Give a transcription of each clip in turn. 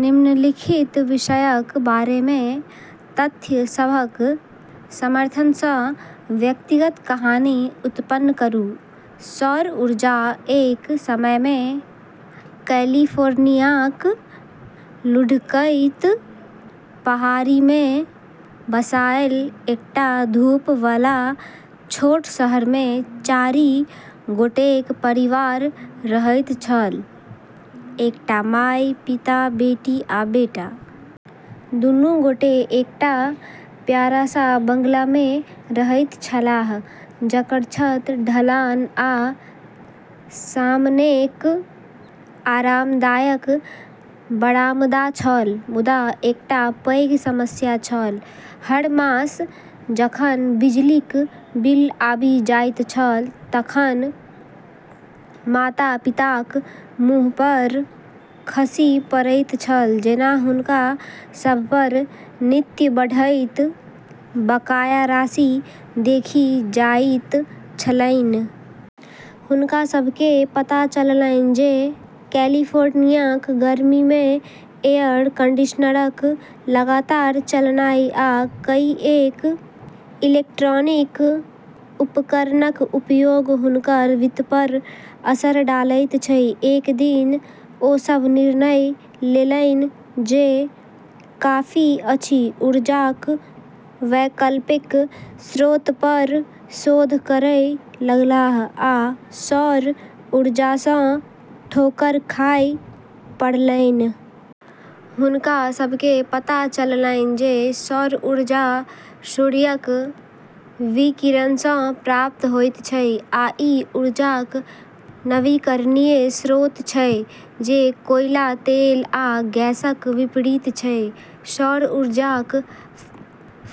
निम्नलिखित विषयक बारेमे तथ्य सभक समर्थनसँ व्यक्तिगत कहानी उत्पन्न करू सौर ऊर्जा एक समयमे कैलिफोर्नियाक लुढ़कैत पहाड़ीमे बसाएल एकटा धूप वाला छोट शहरमे चारि गोटेक परिवार रहैत छल: एकटा माय, पिता, बेटी आ बेटा। दुनू गोटे एकटा प्यारा सा बंगलामे रहैत छलाह, जकर छत ढलान आ सामनेक आरामदायक बरामदा छल। मुदा एकटा पैघ समस्या छल हर मास जखन बिजलीक बिल आबि जाइत छल तखन माता-पिताक मुँहपर खसि पड़ैत छल जेना हुनका सभपर नित्य बढ़ैत बकाया राशि देखि जाइत छलैन। हुनका सभकेँ पता छलैन जे कैलिफोर्नियाक गर्मीमे एयर कंडीशनरक लगातार चलनाइ आ कईएक इलेक्ट्रॉनिक उपकरणक उपयोग हुनकर वित्तपर असर डालैत छै। एक दिन, ओ सभ निर्णय लेलैन जे काफी अछि। ऊर्जाक वैकल्पिक स्रोतपर शोध करै लगलाह, आ सौर ऊर्जासँ ठोकर खाय पड़लैन। हुनका सभकेँ पता चललैन जे सौर ऊर्जा सूर्यक विकिरणसँ प्राप्त होइत छै आ ई ऊर्जाक नवीकरणीय स्रोत छै, जे कोयला, तेल आ गैसक विपरीत छै। सौर ऊर्जाक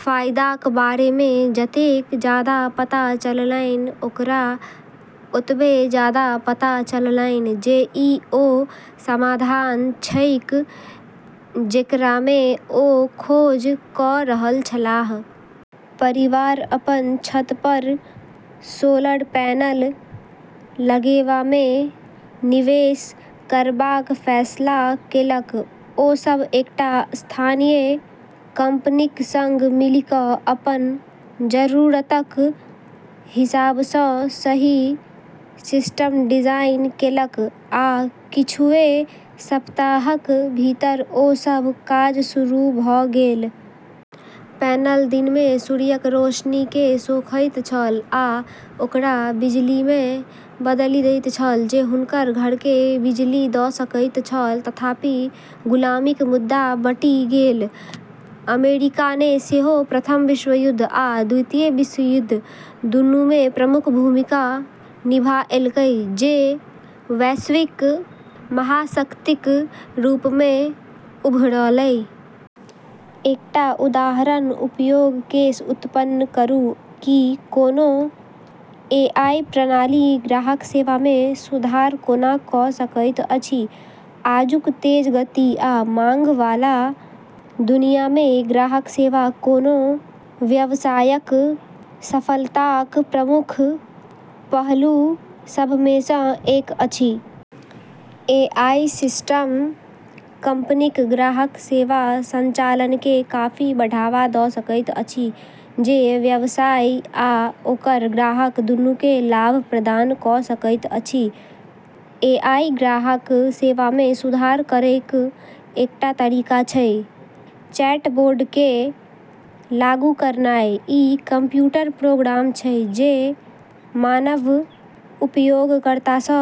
फायदाक बारेमे जतेक जादा पता चललैन, ओकरा ओतबे जादा पता चललैन जे ई ओ समाधान छैक जेकरामे ओ खोज कऽ रहल छलाह। परिवार अपन छतपर सोलर पैनल लगेबामे निवेश करबाक फैसला केलक। ओ सभ एकटा स्थानीय कंपनीक संग मिलि कऽ अपन जरूरतक हिसाबसँ सही सिस्टम डिजाइन केलक, आ किछुए सप्ताहक भीतर ओ सभ काज शुरू भऽ गेल। पैनल दिनमे सूर्यक रोशनीकेँ सोखैत छल, आ ओकरा बिजलीमे बदलि दैत छल जे हुनकर घरकेँ बिजली दऽ सकैत छल। तथापि, गुलामीक मुद्दा बँटि गेल। अमेरिकाने सेहो प्रथम विश्वयुद्ध आ द्वितीय विश्वयुद्ध दोनूमे प्रमुख भूमिका निभाएलकै, जे वैश्विक महाशक्तिक रूपमे उभरलै। एकटा उदाहरण उपयोग केस उत्पन्न करू कि कोनो एआई प्रणाली ग्राहक सेवामे सुधार कोना कऽ सकैत अछि। आजुक तेज गति आ मांग वाला दुनियामे ग्राहक सेवा कोनो व्यवसायक सफलताक प्रमुख पहलू सभमेसँ एक अछि। एआई सिस्टम कंपनीक ग्राहक सेवा संचालनकेँ काफी बढ़ावा दऽ सकैत अछि, जे व्यवसाय आ ओकर ग्राहक दूनूकेँ लाभ प्रदान कऽ सकैत अछि। एआई ग्राहक सेवामे सुधार करैक एकटा तरीका छै चैटबोटकेँ लागू करनाइ। ई कंप्यूटर प्रोग्राम छै जे मानव उपयोगकर्तासँ